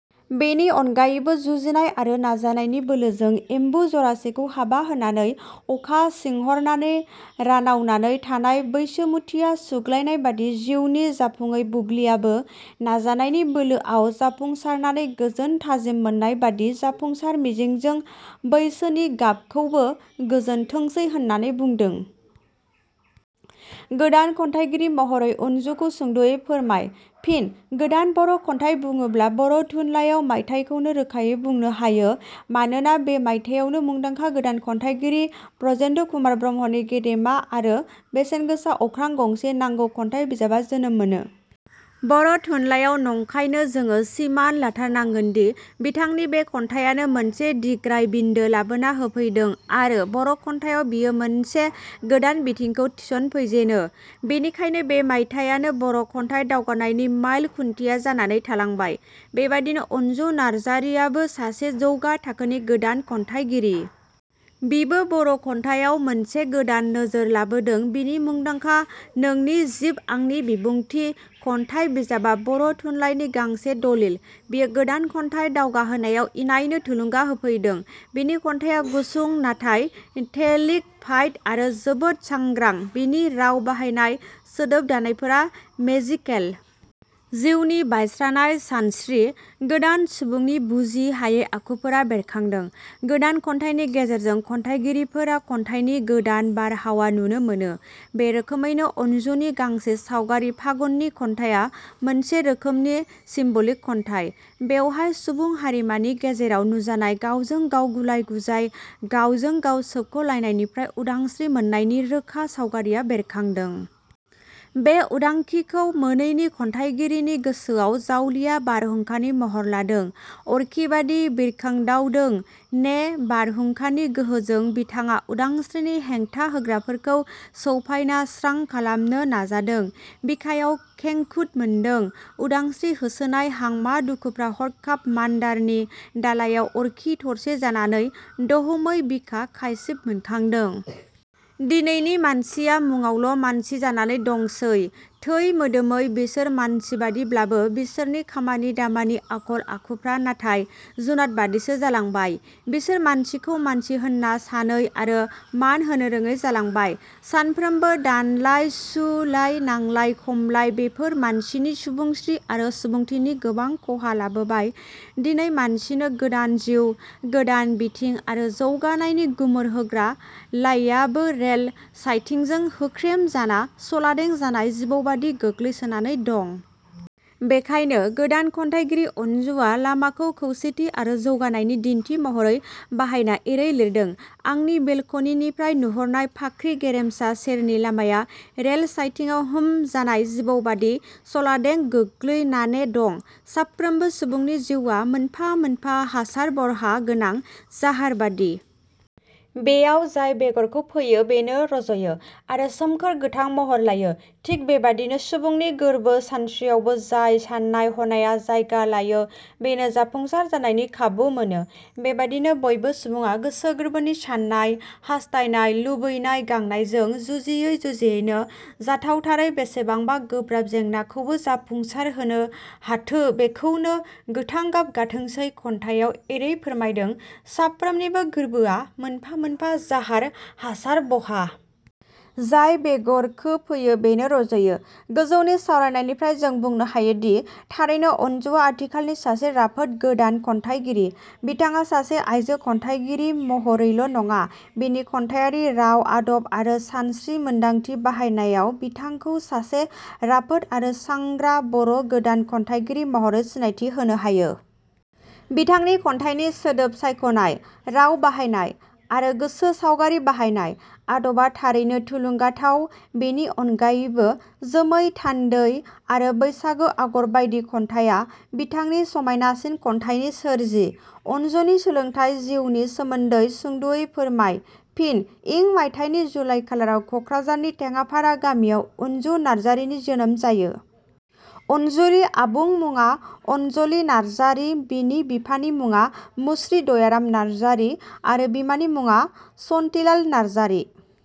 बेनि अनगायैबो जुजिनाय आरो नाजानायनि बोलोजों एम्बु जरासेखौ हाबा होनानै अखा सिंहरनानै रानावनानै थानाय बैसोमुथिया सुग्लायनायबादि जिउनि जाफुङै बुब्लियाबो नाजानायनि बोलो आव जाफुंसारनानै गोजोन थाजिम मोननाय बादि जाफुंसार मिजिंजों बैसोनि गोबखौबो गोजोनथोंसै होननानै बुंदों। गोदान खन्थाइगिरि महरै अन्जुखौ सुंदवै फोरमाय। फिन: गोदान बर' खन्थाइ बुङोब्ला बर' थुनलायाव मायथाइखौनो रोखायै बुंनो हायो। मानोना बे मायथायावनो मुदांखा गोदान खन्थाइगिरि ब्रजेन्द्र कुमार ब्रह्मनि गेदेमा आरो बेसेनगोसा अख्रां गंसे नांगौ खन्थाइ बिजाबा जोनोम मोनो। बर' थुनलायाव नंखायनो जोङो सिमान लाथारनांगोनदि बिथांनि बे खन्थाइयानो मोनसे दिग्राय बिन्दो लाबोना होफैदों आरो बर' खन्थायाव बियो मोनसे गोदान बिथिंखौ थिसनफैजेनो। बेनिखायनो बे मायथायानो बर' खन्थाइ दावगानायनि माइल खुन्थिया जानानै थालांबाय। बेबादिनो अनजु नार्जारीयाबो सासे जौगा थाखोनि गोदान खन्थाइगिरि। बिबो बर' खन्थाइयाव मोनसे गोदान नोजोर लाबोदों बिनि मुंदांखा नोंनि जिब आंनि बिबुथिं' खन्थाइ बिजाबा बर' थुनलाइनि गांसे दलिल। बियो गोदान 'खन्थाइ दावगाहोनायाव इनायनो थुलुंगा होफैदों। बिनि खन्थाइया गुसुं नाथाय टेलिक फाइड आरो जोबोद सांग्रा बिनि राव बाहायनाय, सोदोब दानायफोरा मेजिकेल। जिउनि बायस्रानाय सानस्त्रि, गोदान सुबुंनि बुजि हायै आखुफोरा बेरखादों। गोदान खन्थाइनि गेजेरजों खन्थाइगिरिफोरा खन्थाइनि गोदान बारहावा नुनो मोनो। बे रोखोमैनो अनजुनि गांसे सावगारि फागुननि खन्थाइया मोनसे रोखोमनि सिम्बलिक खन्थाइ बेवहाय सुबुं हारिमानि गेजेराव नुजानाय गावजों गाव गुलाय गुजाय, गावजों गाव सोबख'लायनायनिफ्राय उदांस्रि मोननायनि रोखा सावगारिया बेरखादों। बे उदांखिखौ मोनैनि खन्थाइगिरिनि गोसोआव जावलिया बारहुंखानि महर लादों अरखिबादि बिरखांदावदों ने बारहुंखानि गोहोजों बिथाङा उदांस्रिनि हेंथा होग्राफोरखौ सौफाइना स्रां खालामनो नाजादों बिखायाव खेंखुद मोनदों। उदांस्रि होसोनाय हांमा दुखुफ्रा हरखाब मानदारनि दालाइआव अरखि थरसे जानानै दहमै बिखा खायसिब मोनखांदों। " दिनैनि मानसिया मुङावल मानसि जानानै दंसै थै मोदोमै बिसोर मानसिबादि ब्लाबो बिसोरनि खामानि दामानि आखल आखुफ्रा नाथाय जुनादबादिसो जालांबाय बिसोर मानसिखौ मानसि होन्ना सानै आरो मान होनोरोङै जालांबाय सानफ्रोमो दानलाय सु-लाय, नांलाय-खमलाय बेफोर मानसिनि सुबुंस्रि आरो सुबुंथिनि गोबां खहा लाबोबाय दिनै मानसिनो गोदान जिउ, गोदान बिथिं आरो जौगानायनि गुमुर होग्रा लाययाबो रेल सायथिंजों होख्रेम जाना सलादें जानाय जिबौबादि गोग्लैसोनानै दं। बेखायनो गोदान खन्थाइगिरि अन्जुवा लामाखौ खोसेथि आरो जौगानायनि दिन्थि महरै बाहायना एरै लिरदों- आंनि बेलकनिनिफ्राय नुहरनाय फाख्रि गेरेमसा सेरनि लामाया रेल सायथिङाव होम जानाय जिबौबादि सलादें गोग्लैनाने दं। साफ्रोमबो सुबुंनि जिउवा मोनफा मोनफा हासार बरहा गोनां जाहारबादि। बेयाव जाय बेगरखौ फोयो बेनो रजयो आरो सोमखोर गोथां महर लायो थिग बेबादिनो सुबुंनि गोरबो सानस्रियावबो जाय साननाय हनाया जायगा लायो बेनो जाफुंसार जानायनि खाबु मोनो बेबादिनो बयबो सुबुङा गोसो गोरबोनि साननाय, हास्थायनाय, लुबैनाय-गांनायजों जुजियै जुजियैनो जाथावथारै बेसेबांबा गोब्राब जेंनाखौबो जाफुंसार होनो हाथो बेखौनो 'गोथां गाब गाथोंसै' खन्थायाव एरै फोरमायदों- 'साफ्रोमनिबो गोर्बोआ मोनफा मोनफा जाहार हासार-बहा। जाय बेगरखोफोयो बेनो रजयो। गोजौनि सावरायनायनिफ्राय जों बुंनो हायोदि थारैनो अनजुवा आथिखालनि सासे राफोद गोदान खन्थाइगिरि। बिथाङा सासे आइजो खन्थाइगिरि महरैल नङा बिनि खन्थाइयारि राव आदब आरो सानस्रि मोन्दांथि बाहायनायाव बिथांखौ सासे राफोद आरो सांग्रा बर गोदान खन्थाइगिरि महरै सिनायथि होनो हायो। बिथांनि खन्थाइनि सोदोब सायखनाय, राव बाहायनाय, आरो गोसो सावगारि बाहायनाय, आदबा थारैनो थुलुंगाथाव बेनि अनगायैबो, 'जोमै थान्दै' आरो 'बैसागो 'आगर बाइदि खन्थाइया बिथांनि समाइनासिन खन्थाइनि सोरजि अनजुनि सोलोंथाय जिवनि सोमोन्दै सुंदवै फोरमाय। फिन:इं मायथाइनि जुलाइ खालाराव कक्राझारनि टेङापारा गामियाव अन्जु नार्जारीनि जोनोम जायो। अनजुलि आबुं मुङा अन्जलि नार्जारी बिनि बिफानि मुङा मुस्रि दयाराम नार्जारी आरो बिमानि मुङा शन्तिलाल नारजारि।